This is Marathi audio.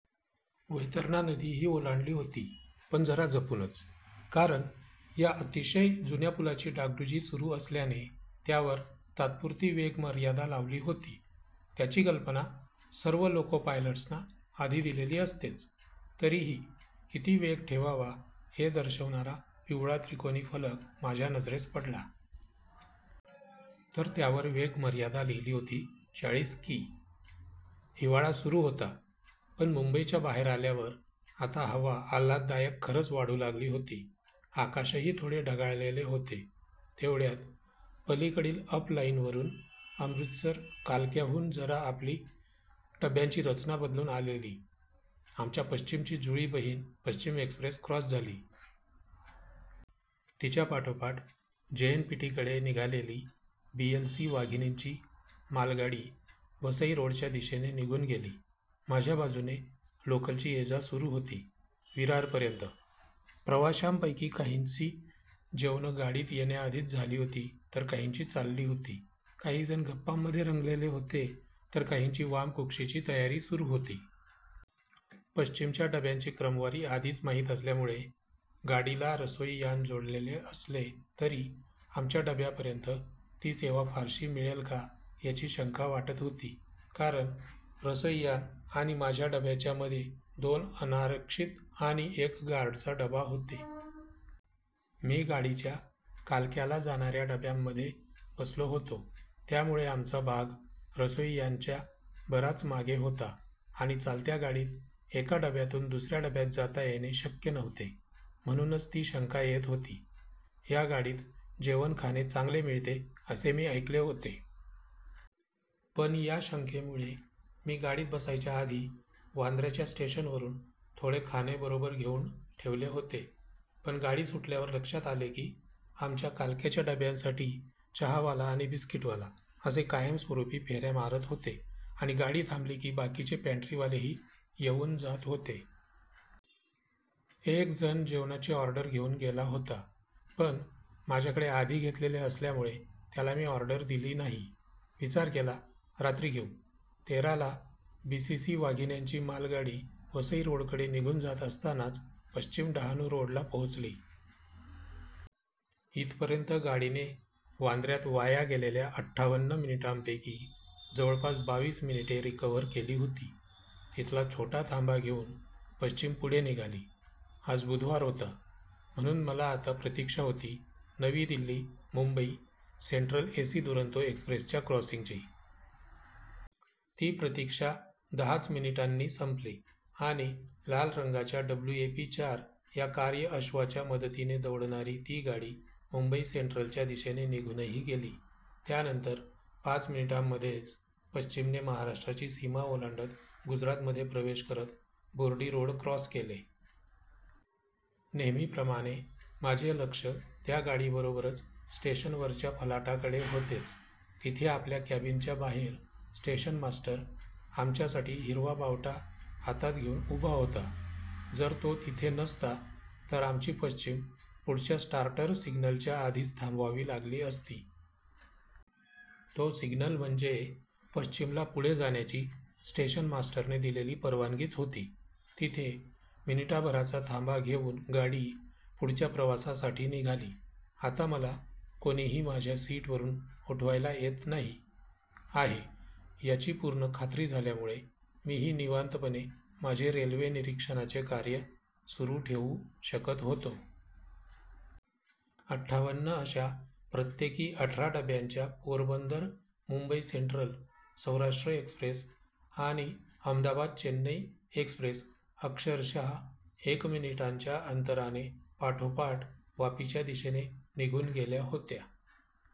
वैतरणा नदीही ओलांडली होती. पण जरा जपूनच, कारण या अतिशय जुन्या पुलाची डागडुजी सुरू असल्याने त्यावर तात्पुरती वेगमर्यादा लावली होती. त्याची कल्पना सर्व लोको पायलट्सना आधी दिलेली असतेच, तरीही किती वेग ठेवावा हे दर्शवणारा पिवळा त्रिकोणी फलक माझ्या नजरेस पडला. तर त्यावर वेगमर्यादा लिहिली होती, चाळीस कि. हिवाळा सुरू होता, पण मुंबईच्या बाहेर आल्यावर आता हवा आल्हाददायक खरंच वाढू लागली होती. आकाशही थोडे ढगाळलेले होते. तेवढ्यात पलीकडील अप लाईनवरून अमृतसर कालक्याहून जरा आपली डब्यांची रचना बदलून आलेली आमच्या पश्चिमची जुळी बहीण पश्चिम एक्सप्रेस क्रॉस झाली. तिच्यापाठोपाठ जेएनपीटीकडे निघालेली बीएलसी वाघिणींची मालगाडी वसई रोडच्या दिशेने निघून गेली. माझ्या बाजूने लोकलची ये-जा सुरू होती विरारपर्यंत. प्रवाशांपैकी काहींची जेवणं गाडीत येण्याआधीच झाली होती, तर काहींची चालली होती. काही जण गप्पांमध्ये रंगलेले होते, तर काहींची वामकुक्षीची तयारी सुरू होती. पश्चिमच्या डब्यांची क्रमवारी आधीच माहीत असल्यामुळे गाडीला रसोई यान जोडलेले असले तरी आमच्या डब्यापर्यंत ती सेवा फारशी मिळेल का याची शंका वाटत होती. कारण रसोई यान आणि माझ्या डब्याच्यामध्ये दोन अनारक्षित आणि एक गार्डचा डबा होते. मी गाडीच्या कालक्याला जाणाऱ्या डब्यांमध्ये बसलो होतो. त्यामुळे आमचा भाग रसोई यानच्या बराच मागे होता आणि चालत्या गाडीत एका डब्यातून दुसऱ्या डब्यात जाता येणे शक्य नव्हते. म्हणूनच ती शंका येत होती. या गाडीत जेवण खाणे चांगले मिळते असे मी ऐकले होते. पण या शंकेमुळे मी गाडीत बसायच्या आधी वांद्र्याच्या स्टेशनवरून थोडे खाणे बरोबर घेऊन ठेवले होते. पण गाडी सुटल्यावर लक्षात आले की, आमच्या कालक्याच्या डब्यांसाठी चहावाला आणि बिस्कीटवाला असे कायमस्वरूपी फेऱ्या मारत होते आणि गाडी थांबली की बाकीचे पँट्रीवालेही येऊन जात होते. एक जण जेवणाची ऑर्डर घेऊन गेला होता, पण माझ्याकडे आधी घेतलेले असल्यामुळे त्याला मी ऑर्डर दिली नाही. विचार केला रात्री घेऊ. तेरा ला बीसीसी वाघिण्यांची मालगाडी वसई रोडकडे निघून जात असतानाच पश्चिम डहाणू रोडला पोहोचली. इथपर्यंत गाडीने वांद्र्यात वाया गेलेल्या अठ्ठावन्न मिनिटांपैकी जवळपास बावीस मिनिटे रिकव्हर केली होती. तिथला छोटा थांबा घेऊन पश्चिम पुढे निघाली. आज बुधवार होता. म्हणून मला आता प्रतीक्षा होती नवी दिल्ली मुंबई सेंट्रल एसी दुरंतो एक्सप्रेसच्या क्रॉसिंगची. ती प्रतीक्षा दहा च मिनिटांनी संपली आणि लाल रंगाच्या डब्ल्यूएपी चार या कार्यअश्वाच्या मदतीने दौडणारी ती गाडी मुंबई सेंट्रलच्या दिशेने निघूनही गेली. त्यानंतर पाच मिनिटांमध्येच पश्चिमने महाराष्ट्राची सीमा ओलांडत गुजरातमध्ये प्रवेश करत बोर्डी रोड क्रॉस केले. नेहमीप्रमाणे माझे लक्ष त्या गाडीबरोबरच स्टेशनवरच्या फलाटाकडे होतेच. तिथे आपल्या केबिनच्या बाहेर स्टेशन मास्टर आमच्यासाठी हिरवा बावटा हातात घेऊन उभा होता. जर तो तिथे नसता, तर आमची पश्चिम पुढच्या स्टार्टर सिग्नलच्या आधीच थांबवावी लागली असती. तो सिग्नल म्हणजे पश्चिमला पुढे जाण्याची स्टेशन मास्टरने दिलेली परवानगीच होती. तिथे मिनिटाभराचा थांबा घेऊन गाडी पुढच्या प्रवासासाठी निघाली. आता मला कोणीही माझ्या सीटवरून उठवायला येत नाही आहे याची पूर्ण खात्री झाल्यामुळे मीही निवांतपणे माझे रेल्वे निरीक्षणाचे कार्य सुरू ठेऊ शकत होतो. अठ्ठावन्न अशा प्रत्येकी अठरा डब्यांच्या पोरबंदर मुंबई सेंट्रल सौराष्ट्र एक्सप्रेस आणि अहमदाबाद चेन्नई एक्सप्रेस अक्षरशः एक मिनिटांच्या अंतराने पाठोपाठ वापीच्या दिशेने निघून गेल्या होत्या.